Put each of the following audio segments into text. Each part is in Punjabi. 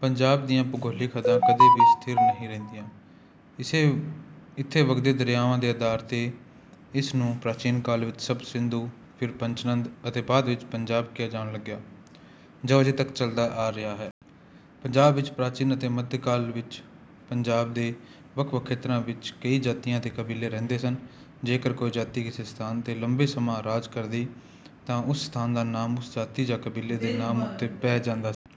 ਪੰਜਾਬ ਦੀਆਂ ਭੂਗੋਲਿਕ ਹੱਦਾਂ ਕਦੇ ਵੀ ਸਥਿਰ ਨਹੀਂ ਰਹੀਆਂ। ਇੱਥੇ ਵਗਦੇ ਦਰਿਆਵਾਂ ਦੇ ਆਧਾਰ ਤੇ ਇਸ ਨੂੰ ਪ੍ਰਾਚੀਨ ਕਾਲ ਵਿੱਚ ਸਪਤ ਸਿੰਧੂ, ਫਿਰ ਪੰਚਨਦ ਅਤੇ ਬਾਅਦ ਵਿੱਚ ਪੰਜਾਬ ਕਿਹਾ ਜਾਣ ਲੱਗਿਆ, ਜੋ ਅਜੇ ਤੱਕ ਚੱਲਦਾ ਆ ਰਿਹਾ ਹੈ। ਪੰਜਾਬ ਵਿੱਚ ਪ੍ਰਾਚੀਨ ਅਤੇ ਮੱਧਕਾਲ ਵਿੱਚ ਪੰਜਾਬ ਦੇ ਵੱਖ-ਵੱਖ ਖੇਤਰਾਂ ਵਿੱਚ ਕਈ ਜਾਤੀਆਂ ਅਤੇ ਕਬੀਲੇ ਰਹਿੰਦੇ ਸਨ। ਜੇਕਰ ਕੋਈ ਜਾਤੀ ਕਿਸੇ ਸਥਾਨ ਤੇ ਲੰਮਾ ਸਮਾਂ ਰਾਜ ਕਰਦੀ ਤਾਂ ਉਸ ਸਥਾਨ ਦਾ ਨਾਮ ਉਸ ਜਾਤੀ ਜਾਂ ਕਬੀਲੇ ਦੇ ਨਾਮ ਉੱਤੇ ਪੈ ਜਾਂਦਾ ਸੀ।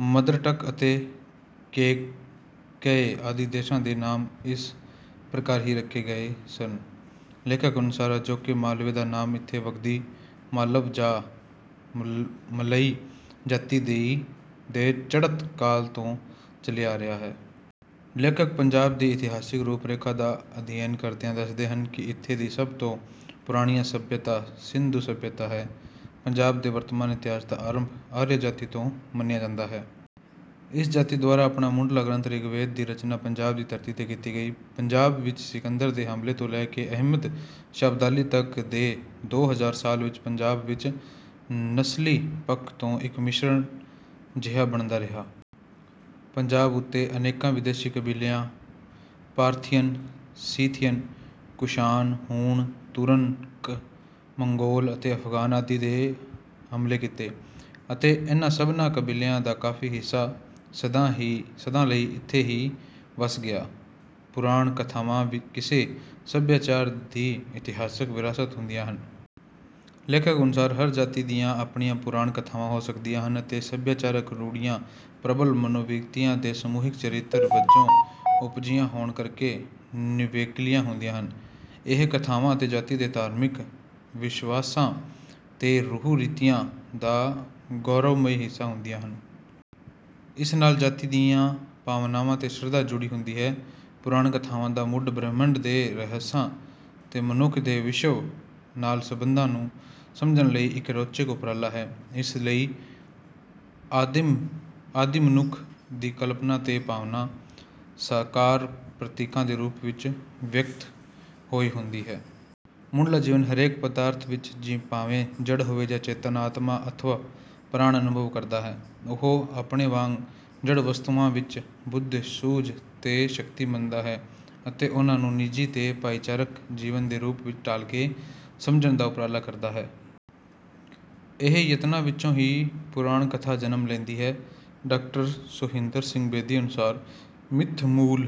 ਮਦਰ, ਟੱਕ ਅਤੇ ਕੇਕਯ ਆਦਿ ਦੇਸ਼ਾਂ ਦੇ ਨਾਮ ਇਸ ਪ੍ਰਕਾਰ ਹੀ ਰੱਖੇ ਗਏ ਸਨ। ਲੇਖਕ ਅਨੁਸਾਰ ਅਜੋਕੇ ਮਾਲਵੇ ਦਾ ਨਾਮ ਇੱਥੇ ਵਸਦੀ ਮਾਲਵ ਜਾਂ ਮਲਈ ਜਾਤੀ ਦੇ ਚੜ੍ਹਤ ਕਾਲ ਤੋਂ ਚੱਲਿਆ ਆ ਰਿਹਾ ਹੈ। ਲੇਖਕ ਪੰਜਾਬ ਦੀ ਇਤਿਹਾਸਕ ਰੂਪ ਰੇਖਾ ਦਾ ਅਧਿਐਨ ਕਰਦਿਆਂ ਦੱਸਦੇ ਹਨ ਕਿ ਇੱਥੇ ਦੀ ਸਭ ਤੋਂ ਪੁਰਾਣੀ ਸੱਭਿਅਤਾ ਸਿੰਧੂ ਸੱਭਿਅਤਾ ਹੈ। ਪੰਜਾਬ ਦੇ ਵਰਤਮਾਨ ਇਤਿਹਾਸ ਦਾ ਆਰੰਭ ਆਰੀਆ ਜਾਤੀ ਤੋਂ ਮੰਨਿਆ ਜਾਂਦਾ ਹੈ। ਇਸ ਜਾਤੀ ਦੁਆਰਾ ਆਪਣਾ ਮੁੱਢਲਾ ਗ੍ਰੰਥ ਰਿਗਵੇਦ ਦੀ ਰਚਨਾ ਪੰਜਾਬ ਦੀ ਧਰਤੀ ਤੇ ਕੀਤੀ ਗਈ ਹੈ। ਪੰਜਾਬ ਵਿੱਚ ਸਿਕੰਦਰ ਦੇ ਹਮਲੇ ਤੋਂ ਲੈ ਕੇ ਅਹਿਮਦ ਸ਼ਾਹ ਅਬਦਾਲੀ ਤੱਕ ਦੇ ਦੋ ਹਜ਼ਾਰ ਸਾਲ ਵਿੱਚ ਪੰਜਾਬ ਵਿੱਚ ਨਸਲੀ ਪੱਖ ਤੋਂ ਇੱਕ ਮਿਸ਼ਰਣ ਜਿਹਾ ਬਣਦਾ ਰਿਹਾ। ਪੰਜਾਬ ਉੱਤੇ ਅਨੇਕਾਂ ਵਿਦੇਸ਼ੀ ਕਬੀਲਿਆਂ ਪਾਰਥੀਅਨ, ਸਿਥੀਅਨ, ਕੁਸ਼ਾਨ, ਹੂਣ, ਤੁਰਕ, ਮੰਗੋਲ ਤੇ ਅਫਗਾਨ ਆਦਿ ਨੇ ਹਮਲੇ ਕੀਤੇ, ਅਤੇ ਇਨ੍ਹਾਂ ਸਭਨਾਂ ਕਬੀਲਿਆਂ ਦਾ ਕਾਫੀ ਹਿੱਸਾ ਸਦਾ ਲਈ ਇੱਥੇ ਹੀ ਵਸ ਗਿਆ। ਪੁਰਾਣ ਕਥਾਵਾਂ ਕਿਸੇ ਸਭਿਆਚਾਰ ਦੀ ਇਤਿਹਾਸਕ ਵਿਰਾਸਤ ਹੁੰਦੀਆਂ ਹਨ। ਲੇਖਕ ਅਨੁਸਾਰ ਹਰ ਜਾਤੀ ਦੀਆਂ ਆਪਣੀਆਂ ਪੁਰਾਣ ਕਥਾਵਾਂ ਹੋ ਸਕਦੀਆਂ ਹਨ, ਅਤੇ ਇਹ ਸਭਿਆਚਾਰਕ ਰੂੜੀਆਂ, ਪ੍ਰਬਲ ਮਨੋਵਿਰਤੀਆਂ ਤੇ ਸਮੂਹਿਕ ਚਰਿੱਤਰ ਵਿੱਚੋਂ ਉਪਜੀਆਂ ਹੋਣ ਕਰਕੇ ਨਿਵੇਕਲੀਆਂ ਹੁੰਦੀਆਂ ਹਨ। ਇਹ ਕਥਾਵਾਂ ਕਿਸੇ ਜਾਤੀ ਦੇ ਧਾਰਮਿਕ ਵਿਸ਼ਵਾਸਾਂ ਤੇ ਰਹੁ-ਰੀਤੀਆਂ ਦਾ ਗੌਰਵਮਈ ਹਿੱਸਾ ਹੁੰਦੀਆਂ ਹਨ। ਇਸ ਨਾਲ ਜਾਤੀ ਦੀਆਂ ਭਾਵਨਾਵਾਂ ਤੇ ਸ਼ਰਧਾ ਜੁੜੀ ਹੁੰਦੀ ਹੈ। ਪੁਰਾਣ ਕਥਾਵਾਂ ਦਾ ਮੁੱਢ ਬ੍ਰਹਿਮੰਡ ਦੇ ਰਹੱਸਾਂ ਤੇ ਮਨੁੱਖ ਦੇ ਵਿਸ਼ਵ ਨਾਲ ਸੰਬੰਧਾਂ ਨੂੰ ਸਮਝਣ ਲਈ ਇੱਕ ਰੌਚਕ ਉਪਰਾਲਾ ਹੈ। ਇਸ ਵਿੱਚ ਆਦਿਮ ਮਨੁੱਖ ਦੀ ਕਲਪਨਾ ਤੇ ਭਾਵਨਾ, ਸਾਕਾਰ ਪ੍ਰਤੀਕਾਂ ਦੇ ਰੂਪ ਵਿੱਚ ਵਿਅਕਤ ਹੋਈ ਹੁੰਦੀ ਹੈ। ਮੁੱਢਲਾ ਮਨੁੱਖ ਹਰੇਕ ਪਦਾਰਥ ਵਿੱਚ, ਭਾਵੇਂ ਜੜ੍ਹ ਹੋਵੇ ਜਾਂ ਚੇਤਨ, ਆਤਮਾ ਅਥਵਾ ਪ੍ਰਾਣ ਅਨੁਭਵ ਕਰਦਾ ਹੈ। ਉਹ ਆਪਣੇ ਵਾਂਗ ਜੜ੍ਹ ਵਸਤੂਆਂ ਵਿੱਚ ਬੁੱਧ, ਸੂਝ ਤੇ ਸ਼ਕਤੀ ਮੰਨਦਾ ਹੈ, ਅਤੇ ਉਨ੍ਹਾਂ ਨੂੰ ਨਿੱਜੀ ਤੇ ਭਾਈਚਾਰਕ ਜੀਵਨ ਦੇ ਰੂਪ ਵਿੱਚ ਢਾਲ ਕੇ ਸਮਝਣ ਦਾ ਉਪਰਾਲਾ ਕਰਦਾ ਹੈ। ਇਨ੍ਹਾਂ ਯਤਨਾਂ ਵਿੱਚੋਂ ਹੀ ਪੁਰਾਣ ਕਥਾ ਜਨਮ ਲੈਂਦੀ ਹੈ। ਡਾਕਟਰ ਸੋਹਿੰਦਰ ਸਿੰਘ ਬੇਦੀ ਅਨੁਸਾਰ ਮਿੱਥ ਮੂਲ